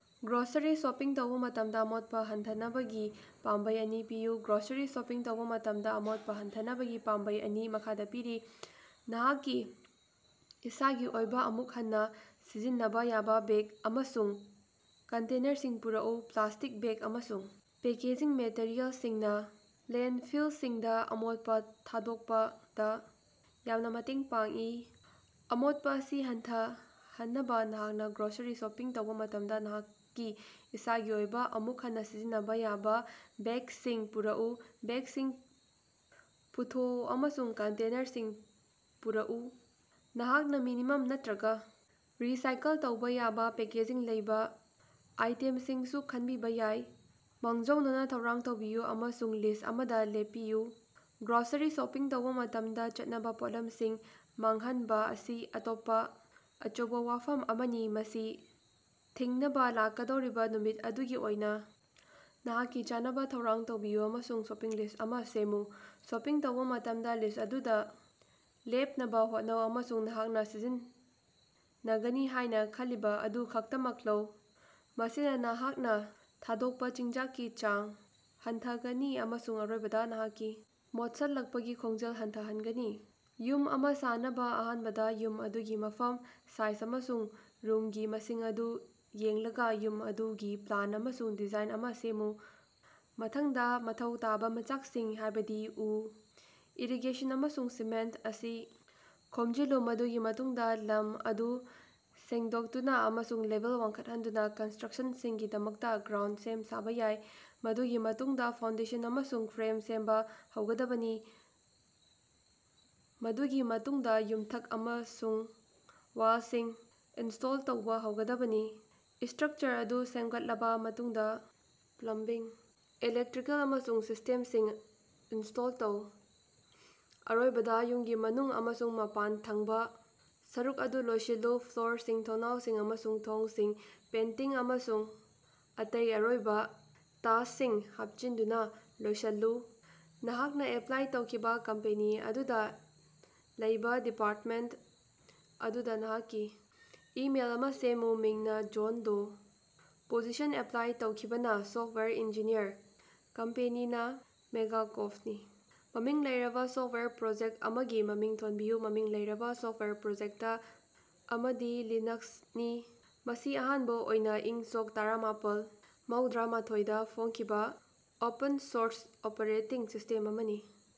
Grocery shopping ꯇꯧꯕꯥ ꯃꯇꯝꯗꯥ ꯑꯃꯣꯠꯄꯥ ꯍꯟꯊꯍꯟꯅꯕꯒꯤ ꯄꯥꯝꯕꯩ ꯑꯅꯤ ꯄꯤꯌꯨ꯫ ꯒ꯭ꯔꯣꯁꯔꯤ ꯁꯣꯄꯤꯡ ꯇꯧꯕꯥ ꯃꯇꯝꯗꯥ ꯑꯃꯣꯠꯄꯥ ꯍꯟꯊꯍꯟꯅꯕꯒꯤ ꯄꯥꯝꯕꯩ ꯑꯅꯤ ꯃꯈꯥꯗꯥ ꯄꯤꯔꯤ꯫ ꯅꯍꯥꯛꯀꯤ ꯏꯁꯥꯒꯤ ꯑꯣꯏꯕꯥ ꯑꯃꯨꯛ ꯍꯟꯅꯥ ꯁꯤꯖꯤꯟꯅꯕꯥ ꯌꯥꯕꯥ ꯕꯦꯛ ꯑꯃꯁꯨꯡ ꯀꯟꯇꯦꯅꯔꯁꯤꯡ ꯄꯨꯔꯛꯎ꯫ ꯄ꯭ꯂꯥꯁꯇꯤꯛ ꯕꯦꯛ ꯑꯃꯁꯨꯡ ꯄꯦꯀꯦꯖꯤꯡ ꯃꯦꯇꯔꯤꯑꯦꯜꯁꯤꯡꯅꯥ ꯂꯦꯟꯗꯐꯤꯜꯁꯤꯡꯗꯥ ꯑꯃꯣꯠꯄꯥ ꯊꯥꯗꯣꯛꯄꯗꯥ ꯌꯥꯝꯅ ꯃꯇꯦꯡ ꯄꯥꯡꯏ꯫ ꯑꯃꯣꯠꯄꯥ ꯑꯁꯤ ꯍꯟꯊꯍꯟꯅꯕꯥ, ꯅꯍꯥꯛꯅꯥ ꯒ꯭ꯔꯣꯁꯔꯤ ꯁꯣꯄꯤꯡ ꯇꯧꯕꯥ ꯃꯇꯝꯗꯥ ꯅꯍꯥꯛꯀꯤ ꯏꯁꯥꯒꯤ ꯑꯣꯏꯕꯥ ꯑꯃꯨꯛ ꯍꯟꯅꯥ ꯁꯤꯖꯤꯟꯅꯕꯥ ꯌꯥꯕꯥ ꯕꯦꯛꯁꯤꯡ ꯄꯨꯔꯛꯎ, ꯕꯦꯛꯁꯤꯡ ꯄꯨꯊꯣꯛꯎ ꯑꯃꯁꯨꯡ ꯀꯟꯇꯦꯅꯔꯁꯤꯡ ꯄꯨꯔꯛꯎ꯫ ꯅꯍꯥꯛꯅꯥ ꯃꯤꯅꯤꯃꯝ ꯅꯠꯇ꯭ꯔꯒꯥ ꯔꯤꯁꯥꯏꯀꯜ ꯇꯧꯕꯥ ꯌꯥꯕꯥ ꯄꯦꯀꯦꯖꯤꯡ ꯂꯩꯕꯥ ꯑꯥꯏꯇꯦꯝꯁꯤꯡꯁꯨ ꯈꯟꯕꯤꯕꯥ ꯌꯥꯏ꯫ ꯃꯥꯡꯖꯧꯅꯅꯥ ꯊꯧꯔꯥꯡ ꯇꯧꯕꯤꯌꯨ ꯑꯃꯁꯨꯡ ꯂꯤꯁ ꯑꯃꯗꯥ ꯂꯦꯞꯄꯤꯌꯨ꯫ ꯒ꯭ꯔꯣꯁꯔꯤ ꯁꯣꯄꯤꯡ ꯇꯧꯕꯥ ꯃꯇꯝꯗꯥ ꯆꯥꯅꯕꯥ ꯄꯣꯠꯂꯝꯁꯤꯡ ꯃꯥꯡꯍꯟꯕꯥ ꯑꯁꯤ ꯑꯇꯣꯞꯄꯥ ꯑꯆꯧꯕꯥ ꯋꯥꯐꯝ ꯑꯃꯅꯤ꯫ ꯃꯁꯤ ꯊꯤꯡꯅꯕꯥ, ꯂꯥꯛꯀꯗꯧꯔꯤꯕꯥ ꯅꯨꯃꯤꯠ ꯑꯗꯨꯒꯤ ꯑꯣꯏꯅꯥ ꯅꯍꯥꯛꯀꯤ ꯆꯥꯅꯕꯥ ꯊꯧꯔꯥꯡ ꯇꯧꯕꯤꯌꯨ ꯑꯃꯁꯨꯡ ꯁꯣꯄꯤꯡ ꯂꯤꯁ ꯑꯃꯥ ꯁꯦꯝꯃꯨ꯫ ꯁꯣꯄꯤꯡ ꯇꯧꯕꯥ ꯃꯇꯝꯗꯥ ꯂꯤꯁ ꯑꯗꯨꯗꯥ ꯂꯦꯞꯅꯕꯥ ꯍꯣꯠꯅꯧ ꯑꯃꯁꯨꯡ ꯅꯍꯥꯛꯅꯥ ꯁꯤꯖꯤꯟꯅꯒꯅꯤ ꯍꯥꯏꯅꯥ ꯈꯪꯂꯤꯕꯥ ꯑꯗꯨ ꯈꯛꯇꯃꯛ ꯂꯧ꯫ ꯃꯁꯤꯅꯥ ꯅꯍꯥꯛꯅꯥ ꯊꯥꯗꯣꯛꯄꯥ ꯆꯤꯟꯖꯥꯛꯀꯤ ꯆꯥꯡ ꯍꯟꯊꯍꯟꯒꯅꯤ ꯑꯃꯁꯨꯡ ꯑꯔꯣꯏꯕꯗꯥ ꯅꯍꯥꯛꯀꯤ ꯃꯣꯠꯁꯜꯂꯛꯄꯒꯤ ꯈꯣꯡꯖꯦꯜ ꯍꯟꯊꯍꯟꯒꯅꯤ꯫ ꯌꯨꯝ ꯑꯃꯥ ꯁꯥꯅꯕꯥ ꯑꯍꯥꯟꯕꯗꯥ ꯌꯨꯝ ꯑꯗꯨꯒꯤ ꯃꯐꯝ, ꯁꯥꯏꯖ ꯑꯃꯁꯨꯡ ꯔꯨꯝꯒꯤ ꯃꯁꯤꯡ ꯑꯗꯨ ꯌꯦꯡꯂꯒꯥ, ꯌꯨꯝ ꯑꯗꯨꯒꯤ ꯄ꯭ꯂꯥꯟ ꯑꯃꯁꯨꯡ ꯗꯤꯖꯥꯏꯟ ꯑꯃꯥ ꯁꯦꯝꯃꯨ꯫ ꯃꯊꯪꯗꯥ, ꯃꯊꯧ ꯇꯥꯕꯥ ꯃꯆꯥꯛꯁꯤꯡ, ꯍꯥꯏꯕꯗꯤ ꯎ, ꯏꯔꯤꯒꯦꯁꯟ ꯑꯃꯁꯨꯡ ꯁꯤꯃꯦꯟꯇ ꯑꯁꯤ ꯈꯣꯝꯖꯤꯜꯂꯨ꯫ ꯃꯗꯨꯒꯤ ꯃꯇꯨꯡꯗꯥ ꯂꯝ ꯑꯗꯨ ꯁꯦꯡꯗꯣꯛꯇꯨꯅꯥ ꯑꯃꯁꯨꯡ ꯂꯦꯚꯦꯜ ꯋꯥꯡꯈꯠꯍꯟꯗꯨꯅꯥ ꯀꯟꯁꯇ꯭ꯔꯛꯁꯟꯒꯤꯗꯃꯛꯇꯥ ꯒ꯭ꯔꯥꯎꯟꯗ ꯁꯦꯝ-ꯁꯥꯕꯥ ꯌꯥꯏ꯫ ꯃꯗꯨꯒꯤ ꯃꯇꯨꯡꯗꯥ ꯐꯥꯎꯟꯗꯦꯁꯟ ꯑꯃꯁꯨꯡ ꯐ꯭ꯔꯦꯝ ꯁꯦꯝꯕꯥ ꯍꯧꯒꯗꯕꯅꯤ, ꯃꯗꯨꯒꯤ ꯃꯇꯨꯡꯗꯥ ꯌꯨꯝꯊꯛ ꯑꯃꯁꯨꯡ ꯋꯥꯜꯁꯤꯡ ꯏꯟꯁꯇꯣꯜ ꯇꯧꯕꯥ ꯍꯧꯒꯗꯕꯅꯤ꯫ ꯏꯁꯇ꯭ꯔꯛꯆꯔ ꯑꯗꯨ ꯁꯦꯝꯒꯠꯂꯕꯥ ꯃꯇꯨꯡꯗꯥ, ꯄ꯭ꯂꯝꯕꯤꯡ, ꯏꯂꯦꯛꯇ꯭ꯔꯤꯀꯦꯜ ꯑꯃꯁꯨꯡ ꯁꯤꯁꯇꯦꯝꯁꯤꯡ ꯏꯟꯁꯇꯣꯜ ꯇꯧ꯫ ꯑꯔꯣꯏꯕꯗꯥ, ꯌꯨꯝꯒꯤ ꯃꯅꯨꯡ ꯑꯃꯁꯨꯡ ꯃꯄꯥꯟꯊꯪꯕꯥ ꯁꯔꯨꯛ ꯑꯗꯨ ꯂꯣꯏꯁꯤꯜꯂꯨ, ꯐ꯭ꯂꯣꯔꯁꯤꯡ, ꯊꯣꯡꯅꯥꯎꯁꯤꯡ ꯑꯃꯁꯨꯡ ꯊꯣꯡꯁꯤꯡ ꯄꯦꯟꯇꯤꯡ ꯑꯃꯁꯨꯡ ꯑꯇꯩ ꯑꯔꯣꯏꯕꯥ ꯇꯁꯁꯤꯡ ꯍꯥꯞꯆꯤꯟꯗꯨꯅꯥ ꯂꯣꯏꯁꯜꯂꯨ꯫ ꯅꯍꯥꯛꯅꯥ ꯑꯦꯄ꯭ꯂꯥꯏ ꯇꯧꯈꯤꯕꯥ ꯀꯝꯄꯅꯤ ꯑꯗꯨꯗꯥ ꯂꯩꯕꯥ ꯗꯤꯄꯥꯔꯇꯃꯦꯟꯇ ꯑꯗꯨꯗꯥ ꯅꯍꯥꯛꯀꯤ ꯏꯃꯦꯜ ꯑꯃꯥ ꯁꯦꯝꯃꯨ꯫ ꯃꯤꯡꯅꯥ ꯖꯣꯟ ꯗꯣ, ꯄꯣꯖꯤꯁꯟ ꯑꯦꯄ꯭ꯂꯥꯏ ꯇꯧꯈꯤꯕꯥꯅ ꯁꯣꯞꯋꯦꯌꯔ ꯏꯟꯖꯤꯅꯤꯌꯔ, ꯀꯝꯄꯦꯅꯤꯅ ꯃꯦꯒꯥꯀꯣꯞꯅꯤ꯫ ꯃꯃꯤꯡ ꯂꯩꯔꯕꯥ ꯁꯣꯞꯋꯥꯌꯔ ꯄ꯭ꯔꯣꯖꯦꯛ ꯑꯃꯒꯤ ꯃꯃꯤꯡ ꯊꯣꯟꯕꯤꯌꯨ꯫ ꯃꯃꯤꯡ ꯂꯩꯔꯕꯥ ꯁꯣꯞꯋꯥꯌꯔ ꯄ꯭ꯔꯣꯖꯦꯛꯇ ꯑꯃꯗꯤ ꯂꯤꯅꯛꯁꯅꯤ, ꯃꯁꯤ ꯑꯍꯥꯟꯕꯥ ꯑꯣꯏꯅꯥ ꯏꯪ ꯁꯣꯛ ꯇꯔꯥꯃꯥꯄꯜ ꯃꯧꯗ꯭ꯔꯥꯃꯊꯣꯏꯗ ꯐꯣꯡꯈꯤꯕꯥ ꯑꯣꯄꯟ-ꯁꯣꯔꯁ ꯑꯣꯄꯔꯦꯇꯤꯡ ꯁꯤꯁꯇꯦꯝ ꯑꯃꯅꯤ꯫